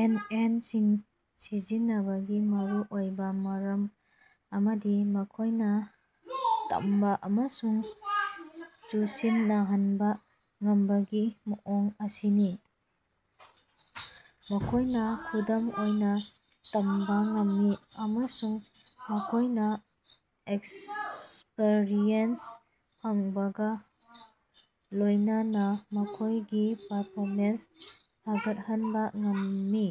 And N ꯁꯤꯡ ꯁꯤꯖꯤꯟꯅꯕꯒꯤ ꯃꯔꯨꯑꯣꯏꯕ ꯃꯔꯝ ꯑꯃꯗꯤ ꯃꯈꯣꯏꯅ ꯇꯝꯕ ꯑꯃꯁꯨꯡ ꯆꯨꯁꯤꯟꯅꯍꯟꯕ ꯉꯝꯕꯒꯤ ꯃꯑꯣꯡ ꯑꯁꯤꯅꯤ꯫ ꯃꯈꯣꯏꯅ ꯈꯨꯗꯝ ꯑꯣꯏꯅ ꯇꯝꯕ ꯉꯝꯃꯤ ꯑꯃꯁꯨꯡ ꯃꯈꯣꯏꯅ ꯑꯦꯛꯁꯄꯔꯤꯌꯦꯟꯁ ꯐꯪꯕꯒ ꯂꯣꯏꯅꯅ ꯃꯈꯣꯏꯒꯤ ꯄꯔꯐꯣꯃꯦꯟꯁ ꯐꯒꯠꯍꯟꯕ ꯉꯝꯃꯤ꯫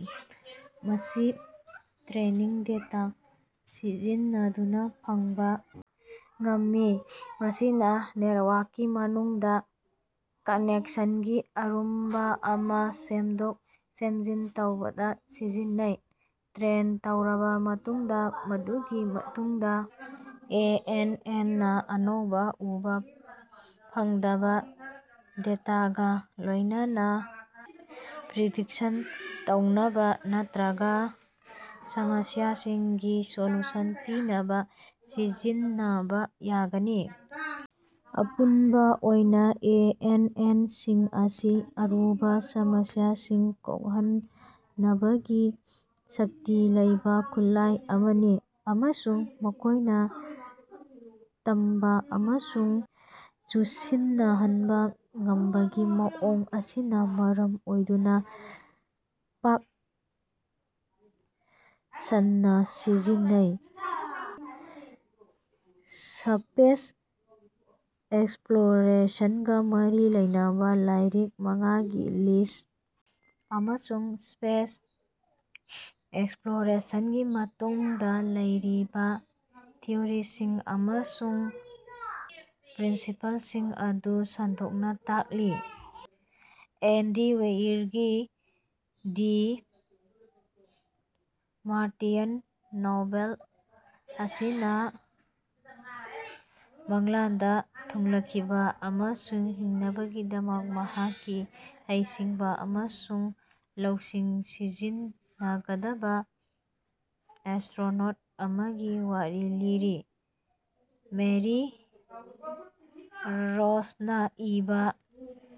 ꯃꯁꯤ ꯇꯔꯦꯅꯤꯡ ꯗꯦꯇꯥ ꯁꯤꯖꯤꯟꯅꯗꯨꯅ ꯐꯪꯕ ꯉꯝꯃꯤ ꯃꯁꯤꯅ ꯅꯦꯠꯋꯥꯛꯀꯤ ꯃꯅꯨꯡꯗ ꯀꯅꯦꯛꯁꯟꯒꯤ ꯑꯔꯨꯝꯕ ꯑꯗꯨ ꯁꯦꯝꯗꯣꯛ ꯁꯦꯝꯖꯤꯟ ꯇꯧꯕꯗ ꯁꯤꯖꯤꯟꯅꯩ꯫ ꯇꯔꯦꯟ ꯇꯧꯔꯕ ꯃꯇꯨꯡꯗ ꯃꯗꯨꯒꯤ ꯃꯇꯨꯡꯗ ꯑꯦ ꯑꯦꯟ ꯑꯦꯟ ꯅ ꯑꯅꯧꯕ ꯎꯕ ꯐꯪꯗꯕ ꯗꯦꯇꯥꯒ ꯂꯣꯏꯅꯅ ꯄ꯭ꯔꯤꯗꯤꯛꯁꯟ ꯇꯧꯅꯕ ꯅꯠꯇ꯭ꯔꯒ ꯁꯃꯁꯤꯌꯥꯁꯤꯡꯒꯤ ꯁꯣꯂꯨꯁꯟ ꯄꯤꯅꯕ ꯁꯤꯖꯤꯟꯅꯕ ꯌꯥꯒꯅꯤ꯫ ꯑꯄꯨꯟꯕ ꯑꯣꯏꯅ ꯑꯦ ꯑꯦꯟ ꯑꯦꯟ ꯁꯤꯡ ꯑꯁꯤ ꯑꯔꯨꯕ ꯁꯃꯁꯤꯌꯥꯁꯤꯡ ꯀꯣꯛꯍꯟꯅꯕꯒꯤ ꯁꯛꯇꯤ ꯂꯩꯕ ꯈꯨꯠꯂꯥꯏ ꯑꯃꯅꯤ ꯑꯃꯁꯨꯡ ꯃꯈꯣꯏꯅ ꯇꯝꯕ ꯑꯃꯁꯨꯡ ꯆꯨꯁꯤꯟꯅꯍꯟꯕ ꯉꯝꯕꯒꯤ ꯃꯑꯣꯡ ꯑꯁꯤꯅ ꯃꯔꯝ ꯑꯣꯏꯗꯨꯅ ꯄꯥꯛ ꯁꯟꯅꯥꯁꯤꯖꯤꯟꯅꯩ꯫ ꯁꯄꯦꯁ ꯑꯦꯛꯁꯄꯂꯣꯔꯦꯁꯟꯒ ꯃꯔꯤ ꯂꯩꯅꯕ ꯂꯥꯏꯔꯤꯛ ꯃꯉꯥꯒꯤ ꯂꯤꯁ ꯑꯃꯁꯨꯡ ꯁꯄꯦꯁ ꯑꯦꯛꯁꯄꯂꯣꯔꯦꯁꯟꯒꯤ ꯃꯇꯨꯡꯗ ꯂꯩꯔꯤꯕ ꯊꯤꯑꯣꯔꯤꯁꯤꯡ ꯑꯃꯁꯨꯡ ꯄ꯭ꯔꯤꯟꯁꯤꯄꯜꯁꯤꯡ ꯑꯗꯨ ꯁꯟꯗꯣꯛꯅ ꯇꯥꯛꯂꯤ꯫ ꯑꯦꯟꯗꯤ ꯋꯦꯏꯔꯒꯤ ꯗꯤ ꯃꯥꯔꯇꯤꯌꯟ ꯅꯣꯚꯦꯜ ꯑꯁꯤꯅ ꯃꯪꯂꯥꯟꯗ ꯊꯨꯡꯂꯈꯤꯕ ꯑꯃꯁꯨꯡ ꯍꯤꯡꯅꯕꯒꯤꯗꯃꯛ ꯃꯍꯥꯛꯀꯤ ꯍꯩꯁꯤꯡꯕ ꯑꯃꯁꯨꯡ ꯂꯧꯁꯤꯡ ꯁꯤꯖꯤꯟꯅꯒꯗꯕ ꯑꯦꯁꯇꯔꯣꯅꯣꯠ ꯑꯃꯒꯤ ꯋꯥꯔꯤ ꯂꯤꯔꯤ꯫ ꯃꯦꯔꯤ ꯔꯣꯁꯅ ꯏꯕꯥ